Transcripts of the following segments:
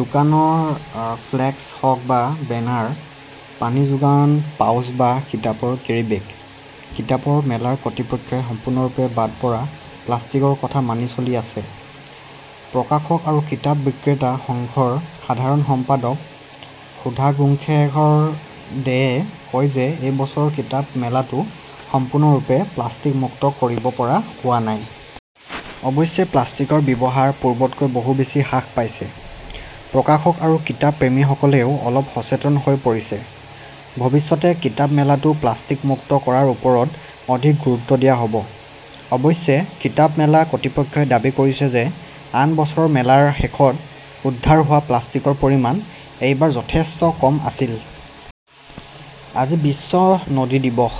দোকানৰ ফ্লেক্স হওক বা বেনাৰ, পানী যোগান পাউচ বা কিতাপৰ কেৰিবেগ, কিতাপৰ মেলাৰ কৰ্তৃপক্ষই সম্পূৰ্ণৰূপে বাদ পৰা প্লাষ্টিকৰ কথা মানি চলি আছে। প্ৰকাশক আৰু কিতাপ বিক্ৰেতা সংঘৰ সাধাৰণ সম্পাদক সুধাংশুশেখৰ দেয়ে কয় যে এই বছৰ কিতাপ মেলাটো সম্পূৰ্ণৰূপে প্লাষ্টিক মুক্ত কৰিব পৰা হোৱা নাই। অৱশ্যে, প্লাষ্টিকৰ ব্যৱহাৰ পূৰ্বতকৈ বহু বেছি হ্ৰাস পাইছে। প্ৰকাশক আৰু কিতাপ প্ৰেমীসকলেও অলপ সচেতন হৈ পৰিছে। ভৱিষ্যতে কিতাপ মেলাটো প্লাষ্টিক মুক্ত কৰাৰ ওপৰত অধিক গুৰুত্ব দিয়া হ'ব। অৱশ্যে, কিতাপ মেলা কৰ্তৃপক্ষই দাবী কৰিছে যে আন বছৰৰ মেলাৰ শেষত উদ্ধাৰ হোৱা প্লাষ্টিকৰ পৰিমাণ এইবাৰ যথেষ্ট কম আছিল। আজি বিশ্ব নদী দিৱস।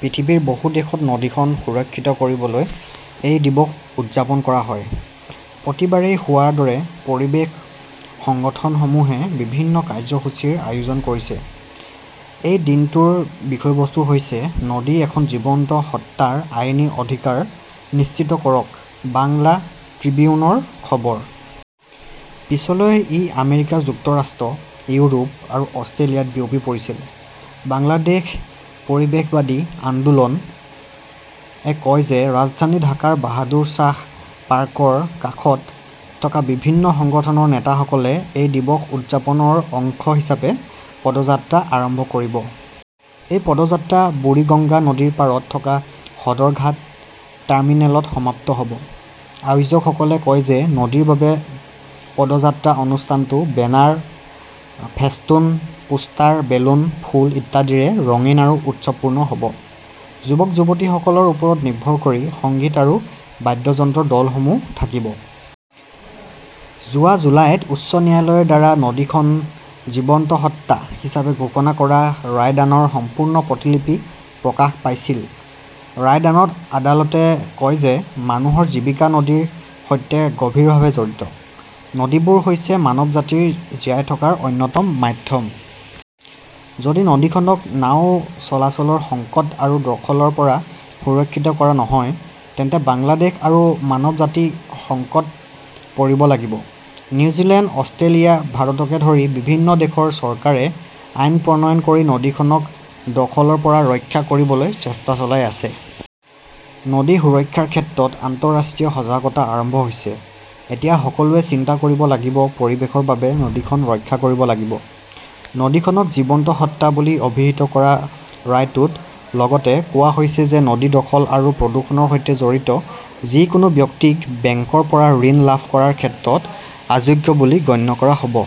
পৃথিৱীৰ বহু দেশত নদীখন সুৰক্ষিত কৰিবলৈ এই দিৱস উদযাপন কৰা হয়। প্ৰতিবাৰেই হোৱাৰ দৰে পৰিৱেশ সংগঠনসমূহেও বিভিন্ন কাৰ্যসূচীৰ আয়োজন কৰিছে। এই দিনটোৰ বিষয়বস্তু হৈছে নদী এখন জীৱন্ত সত্তাৰ আইনী অধিকাৰ নিশ্চিত কৰক বাংলা ট্ৰিবিউনৰ খবৰ। পিছলৈ ই আমেৰিকা যুক্তৰাষ্ট্ৰ, ইউৰোপ আৰু অষ্ট্ৰেলিয়াত বিয়পি পৰিছিল। বাংলাদেশ পৰিৱেশবাদী আন্দোলন এ কয় যে ৰাজধানী ঢাকাৰ বাহাদুৰ শ্বাহ পাৰ্কৰ কাষত থকা বিভিন্ন সংগঠনৰ নেতাসকলে এই দিৱস উদযাপনৰ অংশ হিচাপে পদযাত্ৰা আৰম্ভ কৰিব। এই পদযাত্ৰা বুৰিগঙ্গা নদীৰ পাৰত থকা সদৰঘাট টাৰ্মিনেলত সমাপ্ত হ'ব। আয়োজকসকলে কয় যে নদীৰ বাবে পদযাত্ৰা অনুষ্ঠানটো বেনাৰ, ফেস্টুন, পোষ্টাৰ, বেলুন, ফুল ইত্যাদিৰে ৰঙীন আৰু উৎসৱপূৰ্ণ হ'ব। যুৱক-যুৱতীসকলৰ ওপৰত নিৰ্ভৰ কৰি সংগীত আৰু বাদ্যযন্ত্ৰৰ দলসমূহ থাকিব। যোৱা জুলাইত উচ্চ ন্যায়ালয়ৰ দ্বাৰা নদীখনক 'জীৱন্ত সত্তা' হিচাপে ঘোষণা কৰা ৰায়দানৰ সম্পূৰ্ণ প্ৰতিলিপি প্ৰকাশ পাইছিল। ৰায়দানত আদালতে কয় যে মানুহৰ জীৱিকা নদীৰ সৈতে গভীৰভাৱে জড়িত। নদীবোৰ হৈছে মানৱজাতিৰ জীয়াই থকাৰ অন্যতম মাধ্যম। যদি নদীখনক নাওঁ চলাচলৰ সংকট আৰু দখলৰ পৰা সুৰক্ষিত কৰা নহয়, তেন্তে বাংলাদেশ আৰু মানৱজাতি সংকটত পৰিব লাগিব। নিউজিলেণ্ড, অষ্ট্ৰেলিয়া, ভাৰতকে ধৰি বিভিন্ন দেশৰ চৰকাৰে আইন প্ৰণয়ন কৰি নদীখনক দখলৰ পৰা ৰক্ষা কৰিবলৈ চেষ্টা চলাই আছে। নদী সুৰক্ষাৰ ক্ষেত্ৰত আন্তঃৰাষ্ট্ৰীয় সজাগতা আৰম্ভ হৈছে, এতিয়া সকলোৱে চিন্তা কৰিব লাগিব পৰিৱেশৰ বাবে নদীখন ৰক্ষা কৰিব লাগিব। নদীখনক জীৱন্ত সত্তা বুলি অভিহিত কৰা ৰায়টোত লগতে কোৱা হৈছে যে নদী দখল আৰু প্ৰদূষণৰ সৈতে জড়িত যিকোনো ব্যক্তিক বেংকৰ পৰা ঋণ লাভ কৰাৰ ক্ষেত্ৰত অযোগ্য বুলি গণ্য কৰা হ'ব।